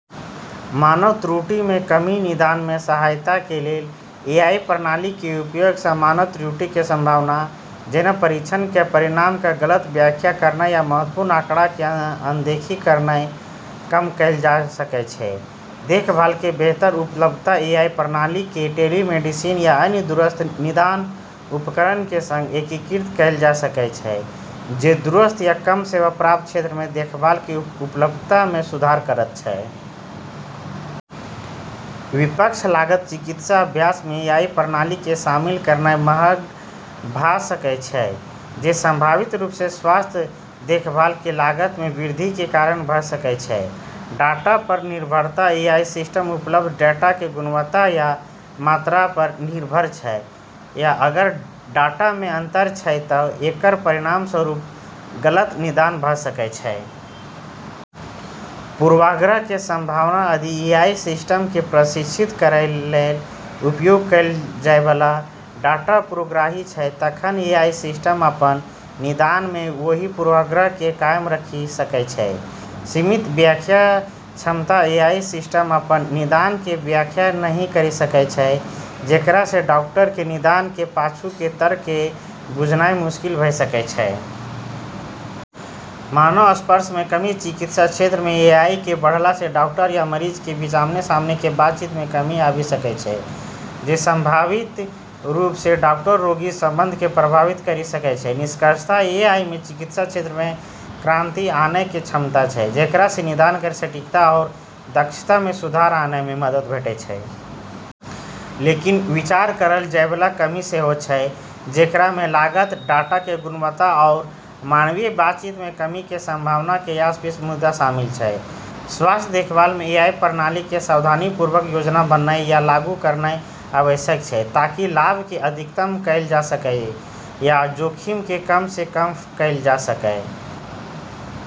मानव त्रुटिमे कमी: निदानमे सहायताके लेल एआई प्रणालीके उपयोगसँ मानव त्रुटिके संभावना, जेना परीक्षणके परिणामक गलत व्याख्या करनाइ या महत्वपूर्ण आँकड़ाके अनदेखी करनाइ, कम कैल जा सकै छै। देखभालके बेहतर उपलब्धता: एआई प्रणालीके टेलीमेडिसिन आ अन्य दूरस्थ निदान उपकरणके सङ्ग एकीकृत कैल जा सकै छै, जे दूरस्थ या कम सेवा प्राप्त क्षेत्रमे देखभालके उपलब्धतामे सुधार करैत छै। विपक्ष: लागत: चिकित्सा अभ्यासमे एआई प्रणालीके शामिल करनाइ महग भ' सकै छै, जे संभावित रूपसँ स्वास्थ्य देखभालके लागतमे वृद्धिके कारण भ' सकै छै। डाटा पर निर्भरता: एआई सिस्टम उपलब्ध डाटाके गुणवत्ता आ मात्रा पर निर्भर छै, आ अगर डाटामे अंतर छै त' एकर परिणामस्वरूप गलत निदान भ' सकै छै। पूर्वाग्रहके संभावना: यदि एआई सिस्टमके प्रशिक्षित करैके लेल उपयोग कैल जाइबला डाटा पूर्वाग्रही छै, तखन एआई सिस्टम अपन निदानमे ओइ पूर्वाग्रहके कायम राखि सकै छै। सीमित व्याख्या क्षमता: एआई सिस्टम अपन निदानके व्याख्या नहि करि सकै छै, जेकरासँ डॉक्टरके निदानके पाछूके तर्कके बुझनाइ मुश्किल भ' सकै छै। मानव स्पर्शमे कमी: चिकित्सा क्षेत्रमे एआईके बढ़लासँ डॉक्टर आ मरीजक बीच आमने-सामनेके बातचीत मे कमी आबि सकै छै, जे संभावित रूपसँ डॉक्टर-रोगी संबंधके प्रभावित करि सकै छै। निष्कर्षतः, एआईमे चिकित्सा क्षेत्रमे क्रांति आनैके क्षमता छै, जेकरासँ निदान केर सटीकता आओर दक्षतामे सुधार आनैमे मदद भेटै छै। लेकिन विचार करल जाइबला कमी सेहो छै, जेकरामे लागत, डाटाके गुणवत्ता, आओर मानवीय बातचीतमे कमीके संभावनाके आसपासके मुद्दा शामिल छै। स्वास्थ्य देखभालमे एआई प्रणालीके सावधानीपूर्वक योजना बनेनाइ आ लागू करनाइ आवश्यक छै, ताकि लाभके अधिकतम कैल जा सकै आ जोखिमके कमसँ कम कैल जा सकै।